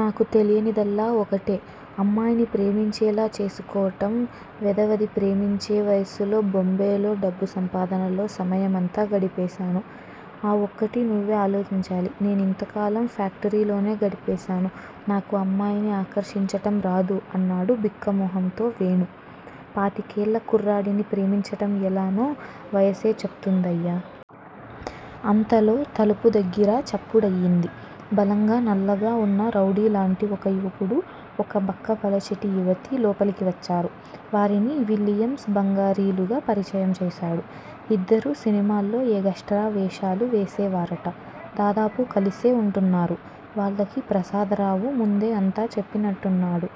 నాకు తెలియనిదల్లా ఒకటే, అమ్మాయిని ప్రేమించేలా చేసుకోవటం వెధవది ప్రేమించే వయసులో బోంబేలో డబ్బు సంపాదనలో సమయం అంతా గడిపేశాను. ఆ ఒక్కటీ నువ్వే ఆలోచించాలి నేను ఇంతకాలం ఫ్యాక్టరీలోనే గడిపేశాను. నాకూ అమ్మాయిని ఆకర్షించటం రాదు అన్నాడు బిక్కమొహంతో వేణు. పాతికేళ్ళ కుర్రాడిని ప్రేమించటం ఎలానో వయసే చెప్తుందయ్యా. అంతలో తలుపు దగ్గిర చప్పుడయింది. బలంగా నల్లగా వున్న రౌడీలాంటి ఒక యువకుడు, ఒక బక్కపలచటి యువతి లోపలికి వచ్చారు. వారిని విలియమ్స్, బంగారీలుగా పరిచయం చేశాడు. ఇద్దరూ సినిమాల్లో ఎగస్ట్రా వేషాలు వేసేవారట. దాదాపు కలిసే వుంటున్నారు. వాళ్ళకి ప్రసాదరావు ముందే అంతా చెప్పినట్టున్నాడు.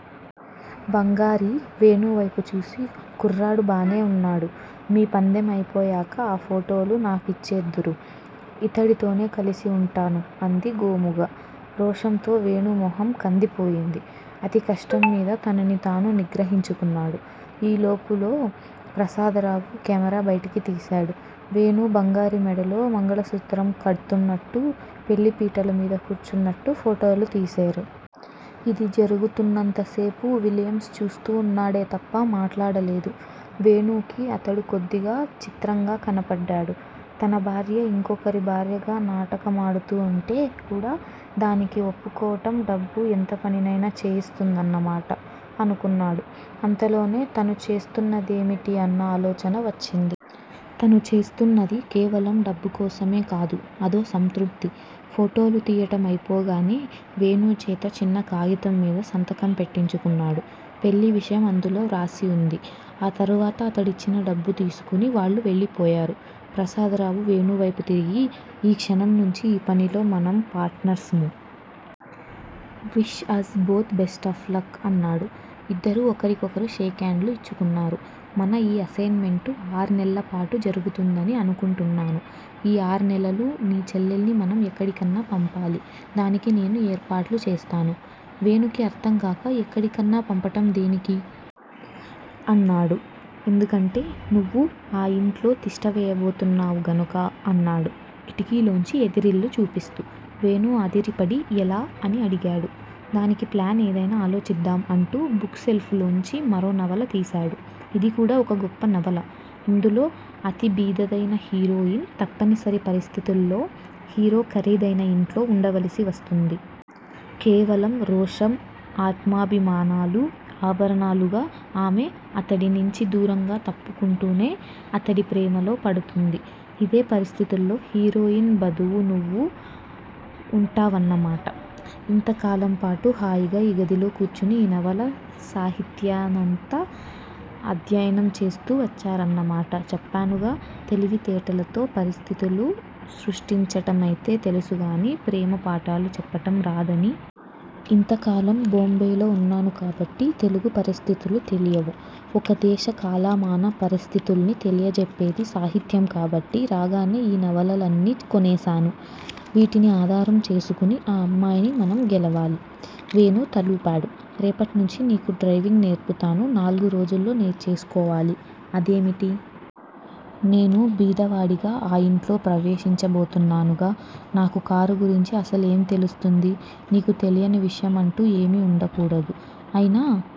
బంగారి వేణువైపు చూసి, కుర్రాడు బానే వున్నాడు. మీ పందెం అయిపోయాక ఆ ఫోటోలు నాకిచ్చేద్దురూ! ఇతడితోనే కలిసి వుంటాను అంది గోముగా. రోషంతో వేణు మొహం కందిపోయింది. అతి కష్టంమీద తనని తాను నిగ్రహించుకున్నాడు. ఈ లోపులో ప్రసాదరావు కెమేరా బయటికి తీసేడు. వేణు బంగారి మెడలో మంగళసూత్రం కడ్తున్నట్టూ, పెళ్ళి పీటలమీద కూర్చున్నట్టూ ఫోటోలు తీసేరు. ఇది జరుగుతున్నంతసేపూ విలియమ్స్ చూస్తూ వున్నాడే తప్ప మాట్లాడలేదు. వేణూకి అతడు కొద్దిగా చిత్రంగా కనపడ్డాడు. తన భార్య ఇంకొకరి భార్యగా నాటక మాడుతూ వుంటే కూడా దానికి వప్పుకోవటం డబ్బు ఎంతపనయినా చేయిస్తుందన్న మాట_ అనుకున్నాడు. అంతలోనే, తను చేస్తున్నదేమిటి అన్న ఆలోచన వచ్చింది. తను చేస్తున్నది కేవలం డబ్బు కోసమే కాదు. అదో సంతృప్తి. ఫోటోలు తియ్యటం అయిపోగానే, వేణు చేత చిన్న కాగితంమీద సంతకం పెట్టించుకున్నాడు. పెళ్ళి విషయం అందులో వ్రాసి వుంది. ఆ తరువాత అతడిచ్చిన డబ్బు తీసుకుని వాళ్ళు వెళ్ళిపోయారు. ప్రసాదరావు వేణువైపు తిరిగి, ఈ క్షణం నుంచీ ఈ పనిలో మనం పార్టనర్స్ ము. Wish as both best of luck అన్నాడు. ఇద్దరూ ఒకరికొకరు షేక్ హాండ్ లు యిచ్చుకున్నారు. మన ఈ అసైన్ మెంటు ఆర్నెల్లపాటు జరుగుతుందని అనుకుంటున్నాను. ఈ ఆర్నెలలూ నీ చెల్లెల్ని మనం ఎక్కడికన్నా పంపాలి. దానికి నేను ఏర్పాట్లు చేస్తాను. వేణుకి అర్ధంకాక, ఎక్కడికన్నా పంపటం దేనికి? అన్నాడు. ఎందుకంటే_ నువ్వు ఆ యింట్లో తిష్ట వేయబోతున్నావు గనుక అన్నాడు కిటికీలోంచి ఎదిరిల్లు చూపిస్తూ. వేణు అదిరిపడి, ఎలా? అని అడిగాడు. దానికి ప్లాన్ ఏదైనా ఆలోచిద్దాం అంటూ బుక్ షెల్పులోంచి మరో నవల తీశాడు__ ఇదికూడా ఒక గొప్ప నవల. ఇందులో అతి బీదదైన హీరోయిన్ తప్పనిసరి పరిస్థితుల్లో హీరో ఖరీదైన ఇంట్లో వుండవలసి వస్తుంది. కేవలం రోషం, ఆత్మాభిమానాలు ఆభరణాలుగా ఆమె అతడినించి దూరంగా తప్పుకుంటూనే అతడి ప్రేమలో పడుతుంది. ఇదే పరిస్థితుల్లో హీరోయిన్ బదువు నువ్వు వుంటావన్నమాట. ఇంతకాలంపాటు హాయిగా ఈ గదిలో కూర్చుని ఈ నవలా సాహిత్యాన్నంతా ఆధ్యయనం చేస్తూ వచ్చారన్నమాట. చెప్పానుగా! తెలివితేటలతో పరిస్థితులు సృష్టించటమైతే తెలుసుగానీ_ ప్రేమ పాఠాలు చెప్పటం రాదని. ఇంతకాలం బోంబేలో వున్నాను కాబట్టి తెలుగు పరిస్థితులు తెలియవు. ఒక దేశ కాలమాన పరిస్థితుల్ని తెలియజెప్పేది సాహిత్యం కాబట్టి, రాగానే ఈ నవలలన్నీ కొనేసేను. వీటిని ఆధారం చేసుకుని ఆ అమ్మాయిని మనం గెలవాలి. వేణు తలూపాడు. రేపట్నుంచి నీకు డ్రైవింగ్ నేర్పుతాను. నాల్గు రోజుల్లో నేర్చేసుకోవాలి అదేమిటీ? నేను బీదవాడిగా ఆ ఇంట్లో ప్రవేశించబోతున్నానుగా! నాకు కారు గురించి అసలేమి తెలుస్తుంది? నీకు తెలియని విషయం అంటూ ఏమీ ఉండకూడదు. అయినా